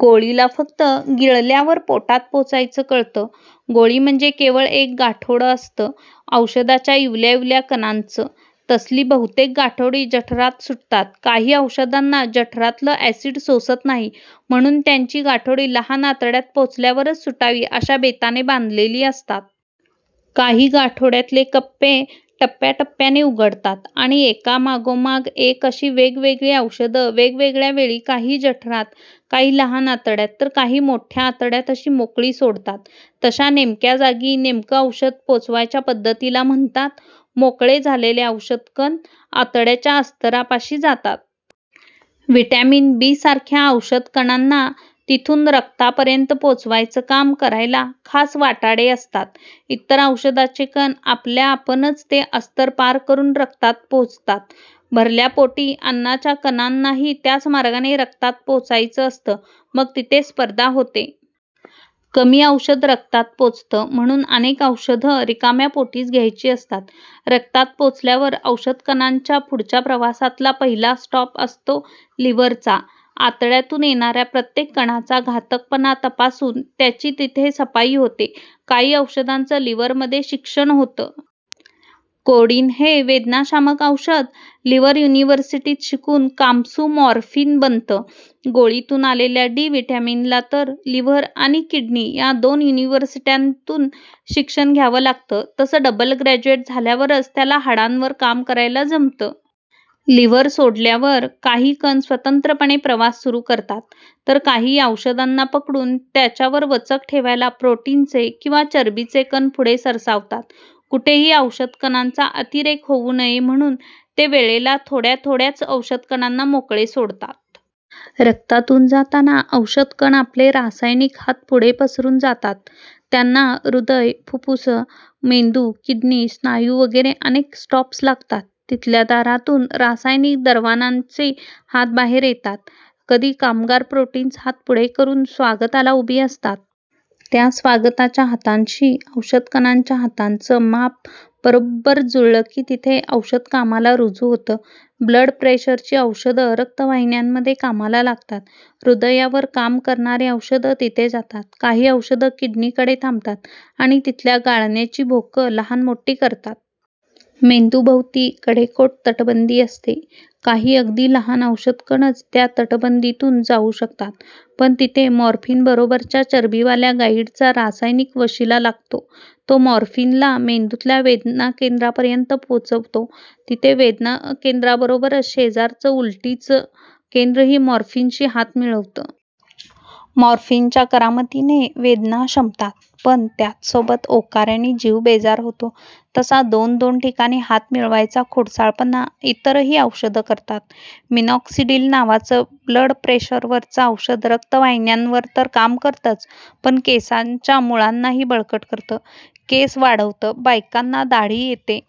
गोळीला फक्त गिळल्यावर पोटात पोचायचं कळतं. गोळी म्हणजे केवळ एक गाठोडं असतं, औषधाच्या इवल्याइवल्या कणांचं. तसली बहुतेक गाठोडी जठरात सुटतात. काही औषधांना जठरातलं अॅसिड सोसत नाही. म्हणून त्यांची गाठोडी लहान आतड्यात पोचल्यावरच सुटावी अशा बेताने बांधलेली असतात. काही गाठोड्यांतले कप्पे टप्प्याटप्प्याने उघडतात आणि एकामागोमाग एक वेगवेगळी औषधं वेगवेगळ्या वेळी, काही जठरात, काही लहान आतड्यात तर काही मोठ्या आतड्यात अशी मोकळी सोडतात. तशा नेमक्या जागी नेमकं औषध पोचवायच्या पद्धतीला म्हणतात. मोकळे झालेले औषधकण आतड्याच्या अस्तरापाशी जातात. व्हिटॅमिन बीसारख्या औषधकणांना तिथून रक्तापर्यंत पोचवायचं काम करायला खास वाटाडे असतात. इतर औषधांचे कण आपल्याआपणच ते अस्तर पार करून रक्तात पोचतात. भरल्या पोटी अन्नाच्या कणांनाही त्याच मार्गाने रक्तात पोचायचं असतं. मग तिथे स्पर्धा होते. कमी औषध रक्तात पोचतं. म्हणून अनेक औषधं रिकाम्या पोटीच घ्यायची असतात. रक्तात पोचल्यावर औषधकणांच्या पुढच्या प्रवासातला पहिला स्टॉप असतो लिव्हरचा. आतड्यातून येणाऱ्या प्रत्येक कणाचा घातकपणा तपासून त्याची तिथे सफाई होते. काही औषधांचं लिव्हरमध्ये शिक्षण होतं. कोडीन हे वेदनाशामक औषध लिव्हर युनिव्हर्सिटीत शिकून कामसू मॉर्फीन बनतं. गोळीतून आलेल्या डी व्हिटॅमिनला तर लिव्हर आणि किडनी या दोन युनिव्हर्सिट्यांतून शिक्षण घ्यावं लागतं. तसं डबल ग्रॅज्युएट झाल्यावरच त्याला हाडांवर काम करायला जमतं. लिव्हर सोडल्यावर काही कण स्वतंत्रपणे प्रवास सुरू करतात, तर काही औषधांना पकडून त्यांच्यावर वचक ठेवायला प्रोटीनचे किंवा चरबीचे कण पुढे सरसावतात. कुठेही औषधकणांचा अतिरेक होऊ नये म्हणून ते वेळेला थोड्याथोड्याच औषधकणांना मोकळे सोडतात. रक्तातून जाताना औषधकण आपले रासायनिक हात पुढे पसरून जातात. त्यांना हृदय, फुप्फुसं, मेंदू, किडनी, स्नायू वगैरे अनेक स्टॉप्स लागतात. तिथल्या दारांतून रासायनिक दरवानांचे हात बाहेर येतात. कधी कामगार-प्रोटीन्स हात पुढे करून स्वागताला उभी असतात. त्या स्वागताच्या हातांशी औषधकणांच्या हातांचं माप बरोब्बर जुळलं की तिथे औषध कामाला रुजू होतं. ब्लडप्रेशरची औषधं रक्तवाहिन्यांमध्ये कामाला लागतात. हृदयावर काम करणारी औषधं तिथे जातात. काही औषधं किडनीकडे थांबतात आणि तिथल्या गाळण्याची भोकं लहानमोठी करतात. मेंदूभोवती कडेकोट तटबंदी असते. काही अगदी लहान औषधकणच त्या तटबंदीतून जाऊ शकतात. पण तिथे मॉर्फीनबरोबरच्या चरबीवाल्या गाइडचा रासायनिक वशिला लागतो. तो मॉर्फीनला मेंदूतल्या वेदनाकेंद्रापर्यंत पोचवतो. तिथे वेदनाकेंद्राबरोबरच शेजारचं उलटीचं केंद्रही मॉर्फीनशी हात मिळवतं. मॉर्फीनच्या करामतीने वेदना शमतात, पण त्याचसोबत ओकाऱ्यांनी जीव बेजार होतो. तसा दोनदोन ठिकाणी हात मिळवायचा खोडसाळपणा इतरही औषधं करतात. मिनॉक्सिडिल नावाचं ब्लड प्रेशरवरचं औषध रक्तवाहिन्यांवर तर काम करतंच, पण केसांच्या मुळांनाही बळकट करतं, केस वाढवतं. बायकांना दाढी येते!